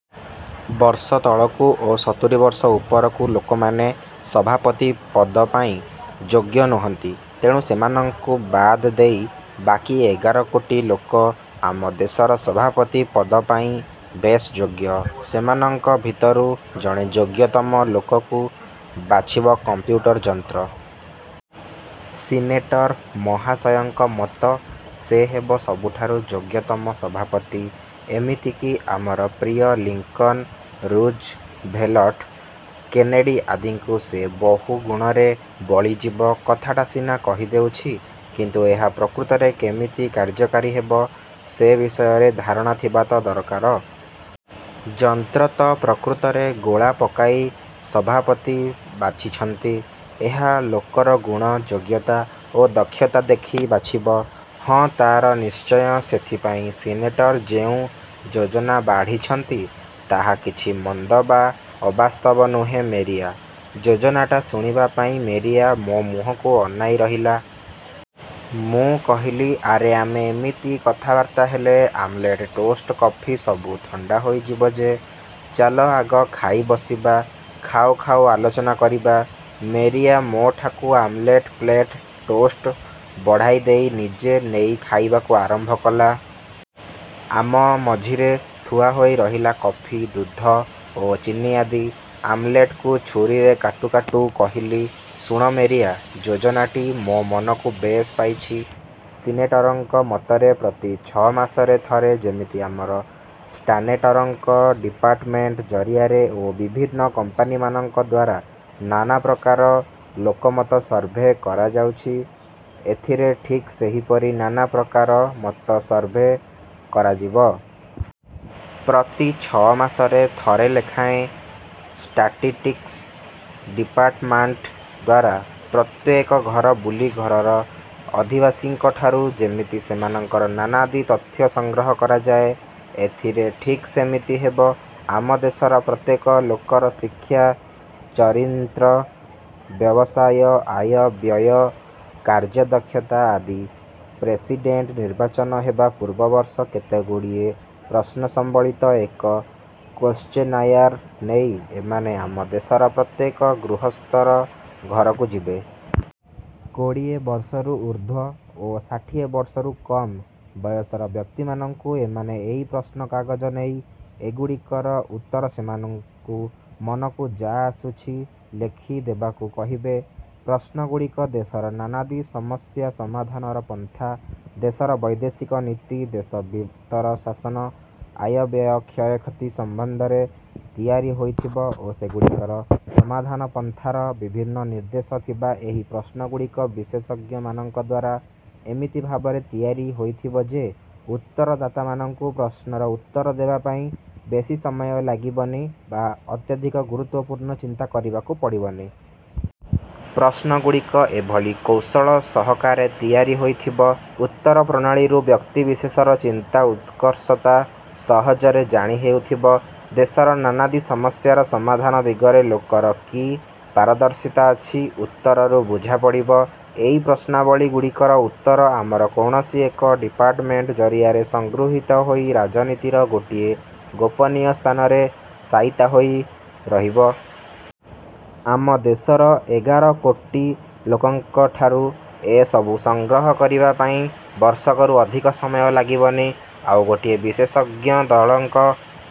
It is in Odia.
ବର୍ଷ ତଳକୁ ଓ ସତୁରୀ ବର୍ଷ ଉପରକୁ ଲୋକମାନେ ସଭାପତି ପଦ ପାଇଁ ଯୋଗ୍ୟ ନୁହନ୍ତି। ତେଣୁ ସେମାନଙ୍କୁ ବାଦ ଦେଇ ବାକି ଏଗାର କୋଟି ଲୋକ ଆମ ଦେଶର ସଭାପତି ପଦପାଇଁ ବେଶ ଯୋଗ୍ୟ। ସେମାନଙ୍କ ଭିତରୁ ଜଣେ ଯୋଗ୍ୟତମ ଲୋକକୁ ବାଛିବ କମ୍ପ୍ୟୁଟର ଯନ୍ତ୍ର। ସିନେଟର ମହାଶୟଙ୍କ ମତ, ସେ ହେବ ସବୁଠାରୁ ଯୋଗ୍ୟତମ ସଭାପତି। ଏମିତିକି ଆମର ପ୍ରିୟ ଲିଙ୍କନ, ରୁଜଭେଲଟ୍, କେନେଡ଼ି ଆଦିଙ୍କୁ ସେ ବହୁ ଗୁଣରେ ବଳିଯିବ। କଥାଟା ସିନା କହିଦେଉଛି; କିନ୍ତୁ ଏହା ପ୍ରକୃତରେ କେମିତି କାର୍ଯ୍ୟକାରୀ ହେବ, ସେ ବିଷୟରେ ଧାରଣା ଥିବା ତ ଦରକାର। ଯନ୍ତ୍ର ତ ପ୍ରକୃତରେ ଗୋଳା ପକାଇ ସଭାପତି ବାଛିବନି। ଏହା ଲୋକର ଗୁଣ, ଯୋଗ୍ୟତା ଓ ଦକ୍ଷତା ଦେଖି ବାଛିବ। 'ହଁ, ତା ତ ନିଶ୍ଚୟ। ସେଥିପାଇଁ ସିନେଟର ଯେଉଁ ଯୋଜନା ବାଢ଼ିଛନ୍ତି ତାହା କିଛି ମନ୍ଦ ବା ଅବାସ୍ତବ ନୁହେଁ ମେରିଆ। '' ଯୋଜନାଟା ଶୁଣିବା ପାଇଁ ମେରିଆ ମୋ ମୁହଁକୁ ଆନାଇ ରହିଲା। ମୁଁ କହିଲି, ''ଆରେ ଆମେ ଏମିତି କଥାବାର୍ତ୍ତା ହେଲେ ଆମଲେଟ, ଟୋଷ୍ଟ, କଫି ସବୁ ଥଣ୍ଡା ହୋଇଯିବ ଯେ। ଚାଲ ଆଗ ଖାଇ ବସିବା, ଖାଉ ଖାଉ ଆଲୋଚନା କରିବା। '' ମେରିଆ ମୋଠାକୁ ଆମଲେଟ ପ୍ଲେଟ, ଟୋଷ୍ଟ ବଢ଼ାଇଦେଇ ନିଜେ ନେଇ ଖାଇବାକୁ ଆରମ୍ଭ କଲା। ଆମ ମଝିରେ ଥୁଆ ହୋଇ ରହିଲା କଫି, ଦୁଧ ଓ ଚିନି ଆଦି। ଆମଲେଟକୁ ଛୁରୀରେ କାଟୁ କାଟୁ କହିଲି, ''ଶୁଣ ମେରିଆ, ଯୋଜନାଟି ମୋ ମନକୁ ବେଶ ପାଇଛି। ସିନେଟରଙ୍କ ମତରେ ପ୍ରତି ଛ' ମାସରେ ଥରେ ଯେମିତି ଆମର ଷ୍ଟାନେଟରଙ୍କ ଡିପାର୍ଟମେଣ୍ଟ ଜରିଆରେ ଓ ବିଭିନ୍ନ କମ୍ପାନୀମାନଙ୍କ ଦ୍ୱାରା ନାନା ପ୍ରକାର ଲୋକମତ ସର୍ଭେ କରାଯାଉଛି, ଏଥିରେ ଠିକ୍ ସେହିପରି ନାନାପ୍ରକାର ମତ ସର୍ଭେ କରାଯିବ। ପ୍ରତି ଛ' ମାସରେ ଥରେ ଲେଖାଁଏ ଷ୍ଟାଟିଟିକ୍ସ ଡିପାର୍ଟମାଣ୍ଟ ଦ୍ୱାରା ପ୍ରତ୍ୟେକ ଘର ବୁଲି ଘରର ଅଧିବାସୀଙ୍କଠାରୁ ଯେମିତି ସେମାନଙ୍କର ନାନାଦି ତଥ୍ୟ ସଂଗ୍ରହ କରାଯାଏ, ଏଥିରେ ଠିକ୍ ସେମିତି ହେବ। ଆମ ଦେଶର ପ୍ରତ୍ୟେକ ଲୋକର ଶିକ୍ଷା, ଚରିନ୍ତ୍ର, ବ୍ୟବସାୟ, ଆୟ, ବ୍ୟୟ, କାର୍ଯ୍ୟଦକ୍ଷତା ଆଦି ପ୍ରେସିଡେଣ୍ଟ ନିର୍ବାଚନ ହେବା ପୂର୍ବ ବର୍ଷ କେତେଗୁଡ଼ିଏ ପ୍ରଶ୍ନସମ୍ବଳିତ ଏକ କୋଶ୍ଚେନାୟାର ନେଇ ଏମାନେ ଆମ ଦେଶର ପ୍ରତ୍ୟେକ ଗୃହସ୍ଥର ଘରକୁ ଯିବେ। କୋଡ଼ିଏ ବର୍ଷରୁ ଊର୍ଦ୍ଧ୍ୱ ଓ ଷାଠିଏ ବର୍ଷରୁ କମ୍ ବୟସର ବ୍ୟକ୍ତିମାନଙ୍କୁ ଏମାନେ ଏଇ ପ୍ରଶ୍ନ କାଗଜ ନେଇ, ଏଗୁଡ଼ିକର ଉତ୍ତର ସେମାନଙ୍କୁ ମନକୁ ଯା ଆସୁଛି ଲେଖି ଦେବାକୁ କହିବେ। ପ୍ରଶ୍ନଗୁଡ଼ିକ ଦେଶର ନାନାଦି ସମସ୍ୟା ସମାଧାନର ପନ୍ଥା,। ଦେଶର ବୈଦେଶିକ ନୀତି, ଦେଶ ଭିତର ଶାସନ, ଆୟବ୍ୟୟ କ୍ଷୟକ୍ଷତି ସମ୍ବନ୍ଧରେ ତିଆରି ହୋଇଥିବ ଓ ସେଗୁଡ଼ିକର ସମାଧାନ ପନ୍ଥାର ବିଭିନ୍ନ ନିର୍ଦ୍ଦେଶ ଥିବା ଏହି ପ୍ରଶ୍ନଗୁଡ଼ିକ ବିଶେଷଜ୍ଞମାନଙ୍କ ଦ୍ୱାରା ଏମିତି ଭାବରେ ତିଆରି ହୋଇଥିବ ଯେ, ଉତ୍ତରଦାତାମାନଙ୍କୁ ପ୍ରଶ୍ନର ଉତ୍ତର ହେବା ପାଇଁ ବେଶୀ ସମୟ ଲାଗିବନି ବା ଅତ୍ୟଧିକ ଗୁରୁତ୍ୱପୂର୍ଣ୍ଣ ଚିନ୍ତା କରିବାକୁ ପଡ଼ିବନି। ପ୍ରଶ୍ନଗୁଡ଼ିକ ଏଭଳି କୌଶଳ ସହକାରେ ତିଆରି ହୋଇଥିବ, ଉତ୍ତର ପ୍ରଣାଳୀରୁ ବ୍ୟକ୍ତି ବିଶେଷର ଚିନ୍ତାର ଉତ୍କର୍ଷତା ସହଜରେ ଜାଣି ହେଉଥିବ। ଦେଶର ନାନାଦି ସମସ୍ୟାର ସମାଧାନ ଦିଗରେ ଲୋକର କି ପାରଦର୍ଶିତା ଅଛି, ଉତ୍ତରରୁ ବୁଝା ପଡ଼ିବ। ଏଇ ପ୍ରଶ୍ନାବଳୀ ଗୁଡ଼ିକର ଉତ୍ତର ଆମର କୌଣସି ଏକ ଡିପାର୍ଟମେଣ୍ଟ ଜରିଆରେ ସଂଗୃହୀତ ହୋଇ ରାଜଧାନୀର ଗୋଟିଏ ଗୋପନୀୟ ସ୍ଥାନରେ ସାଇତା ହୋଇ ରହିବ। ଆମ ଦେଶର ଏଗାର କୋଟି ଲୋକଙ୍କଠାରୁ ଏ ସବୁ ସଂଗ୍ରହ କରିବା ପାଇଁ ବର୍ଷକରୁ ଅଧିକ ସମୟ ଲାଗିବନି। ଆଉ ଗୋଟିଏ ବିଶେଷଜ୍ଞ ଦଳଙ୍କ